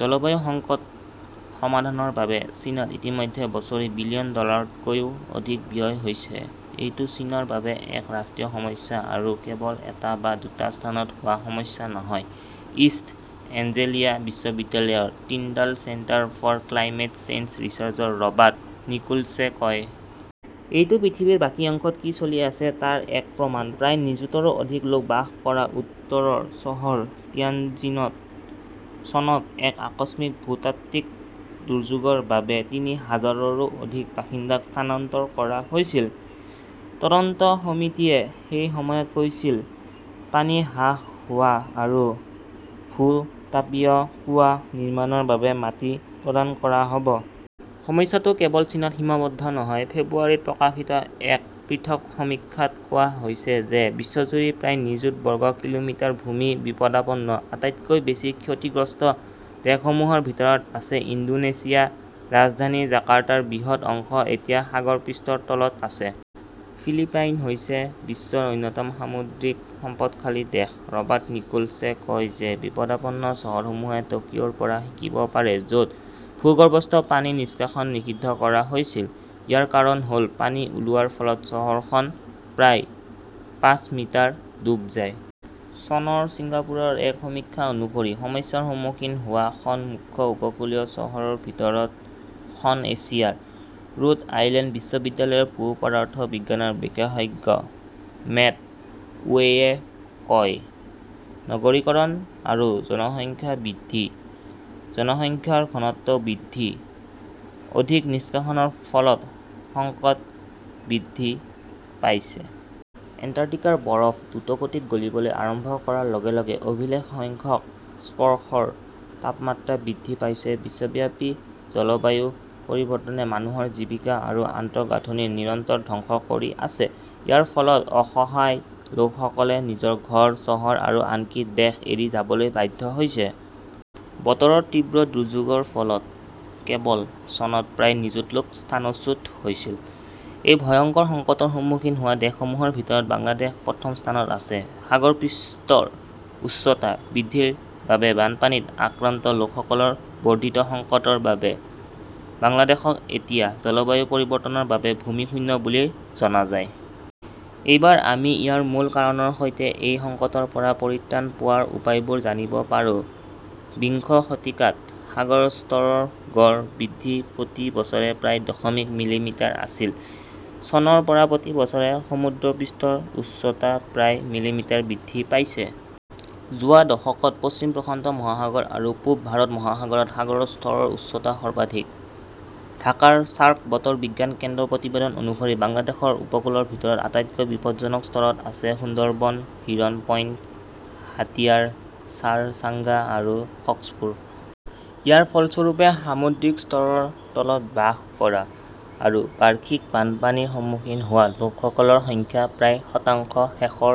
জলবায়ু সংকট সমাধানৰ বাবে চীনত ইতিমধ্যে বছৰি বিলিয়ন ডলাৰতকৈও অধিক ব্যয় হৈছে। এইটো চীনৰ বাবে এক ৰাষ্ট্ৰীয় সমস্যা আৰু কেৱল এটা বা দুটা স্থানত হোৱা সমস্যা নহয়, ইষ্ট এঞ্জেলিয়া বিশ্ববিদ্যালয়ৰ Tyndall centre for climate change ৰিচাৰ্চৰ ৰবাৰ্ট নিকোলছে কয়। এইটো পৃথিৱীৰ বাকী অংশত কি চলি আছে তাৰ এক প্ৰমাণ। প্ৰায় নিযুতৰো অধিক লোক বাস কৰা উত্তৰৰ চহৰ তিয়ানজিনত চনত এক আকস্মিক ভূতাত্ত্বিক দুৰ্যোগৰ বাবে তিনি হাজাৰৰো অধিক বাসিন্দাক স্থানান্তৰ কৰা হৈছিল। তদন্ত সমিতিয়ে সেই সময়ত কৈছিল, পানী হ্ৰাস হোৱা আৰু ভূ-তাপীয় কুঁৱা নিৰ্মাণৰ বাবে মাটি প্ৰদান কৰা হ’ব। সমস্যাটো কেৱল চীনত সীমাবদ্ধ নহয়। ফেব্ৰুৱাৰীত প্ৰকাশিত এক পৃথক সমীক্ষাত কোৱা হৈছে যে বিশ্বজুৰি প্ৰায় নিযুত বৰ্গ কিলোমিটাৰ ভূমি বিপদাপন্ন। আটাইতকৈ বেছি ক্ষতিগ্ৰস্ত দেশসমূহৰ ভিতৰত আছে ইণ্ডোনেছিয়া, ৰাজধানী জাকাৰ্টাৰ বৃহৎ অংশ এতিয়া সাগৰ পৃষ্ঠৰ তলত আছে। ফিলিপাইন হৈছে বিশ্বৰ অন্যতম সামুদ্ৰিক সম্পদশালী দেশ। ৰবাৰ্ট নিকোলছে কয় যে বিপদাপন্ন চহৰসমূহে টকিঅ ৰ পৰা শিকিব পাৰে। য 'ত ভূগৰ্ভস্থ পানী নিষ্কাশন নিষিদ্ধ কৰা হৈছিল। ইয়াৰ কাৰণ হ’ল পানী ওলোৱাৰ ফলত চহৰখন প্ৰায় পাঁচ মিটাৰ ডুব যায়। চনৰ ছিংগাপুৰৰ এক সমীক্ষা অনুসৰি, সমস্যাৰ সন্মুখীন হোৱা খন মুখ্য উপকূলীয় চহৰৰ ভিতৰত খন এছিয়াৰ। ৰোড আইলেণ্ড বিশ্ববিদ্যালয়ৰ ভূ-পদাৰ্থ বিজ্ঞানৰ বিশেষজ্ঞ মেট ৱেইয়ে কয়, নগৰীকৰণ আৰু জনসংখ্যা বৃদ্ধি, জনসংখ্যাৰ ঘনত্ব বৃদ্ধি, অধিক নিষ্কাশনৰ ফলত সংকট বৃদ্ধি পাইছে।। এণ্টাৰ্কটিকাৰ বৰফ দ্ৰুতগতিত গলিবলৈ আৰম্ভ কৰাৰ লগে লগে অভিলেখ সংখ্যক স্পৰ্শৰ তাপমাত্ৰা বৃদ্ধি পাইছে বিশ্বব্যাপী জলবায়ু পৰিৱৰ্তনে মানুহৰ জীৱিকা আৰু আন্তঃগাঁথনি নিৰন্তৰ ধ্বংস কৰি আছে। ইয়াৰ ফলত অসহায় লোকসকলে নিজৰ ঘৰ, চহৰ আৰু আনকি দেশ এৰি যাবলৈ বাধ্য হৈছে। বতৰৰ তীব্ৰ দুৰ্যোগৰ ফলত কেৱল চনত প্ৰায় নিযুত লোক স্থানচ্যুত হৈছিল। এই ভয়ংকৰ সংকটৰ সন্মুখীন হোৱা দেশসমূহৰ ভিতৰত বাংলাদেশ প্ৰথম স্থানত আছে। সাগৰ পৃষ্ঠৰ উচ্চতা বৃদ্ধিৰ বাবে বানপানীত আক্ৰান্ত লোকসকলৰ বৰ্ধিত সংকটৰ বাবে বাংলাদেশক এতিয়া জলবায়ু পৰিৱৰ্তনৰ বাবে ভূমি শূন্য বুলি জনা যায়। এইবাৰ আমি ইয়াৰ মূল কাৰণৰ সৈতে এই সংকটৰ পৰা পৰিত্ৰাণ পোৱাৰ উপায়বোৰ জানিব পাৰোঁ। বিংশ শতিকাত সাগৰৰ স্তৰৰ গড় বৃদ্ধি প্ৰতি বছৰে প্ৰায় দশমিক মিলিমিটাৰ আছিল। চনৰ পৰা প্ৰতি বছৰে সমুদ্ৰপৃষ্ঠৰ উচ্চতা প্ৰায় মিলিমিটাৰ বৃদ্ধি পাইছে। যোৱা দশকত পশ্চিম প্ৰশান্ত মহাসাগৰ আৰু পূব ভাৰত মহাসাগৰত সাগৰৰ স্তৰৰ উচ্চতা সৰ্বাধিক। ঢাকাৰ চাৰ্ক বতৰ বিজ্ঞান কেন্দ্ৰৰ প্ৰতিবেদন অনুসৰি, বাংলাদেশৰ উপকূলৰ ভিতৰত আটাইতকৈ বিপদজনক স্তৰত আছে-সুন্দৰবনৰ হিৰণ পইণ্ট, হাতিয়াৰ চাৰ চাঙ্গা আৰু কক্সপুৰ। ইয়াৰ ফলস্বৰূপে, সামুদ্ৰিক স্তৰৰ তলত বাস কৰা আৰু বাৰ্ষিক বানপানীৰ সন্মুখীন হোৱা লোকসকলৰ সংখ্যা প্ৰায় শতাংশ। শেষৰ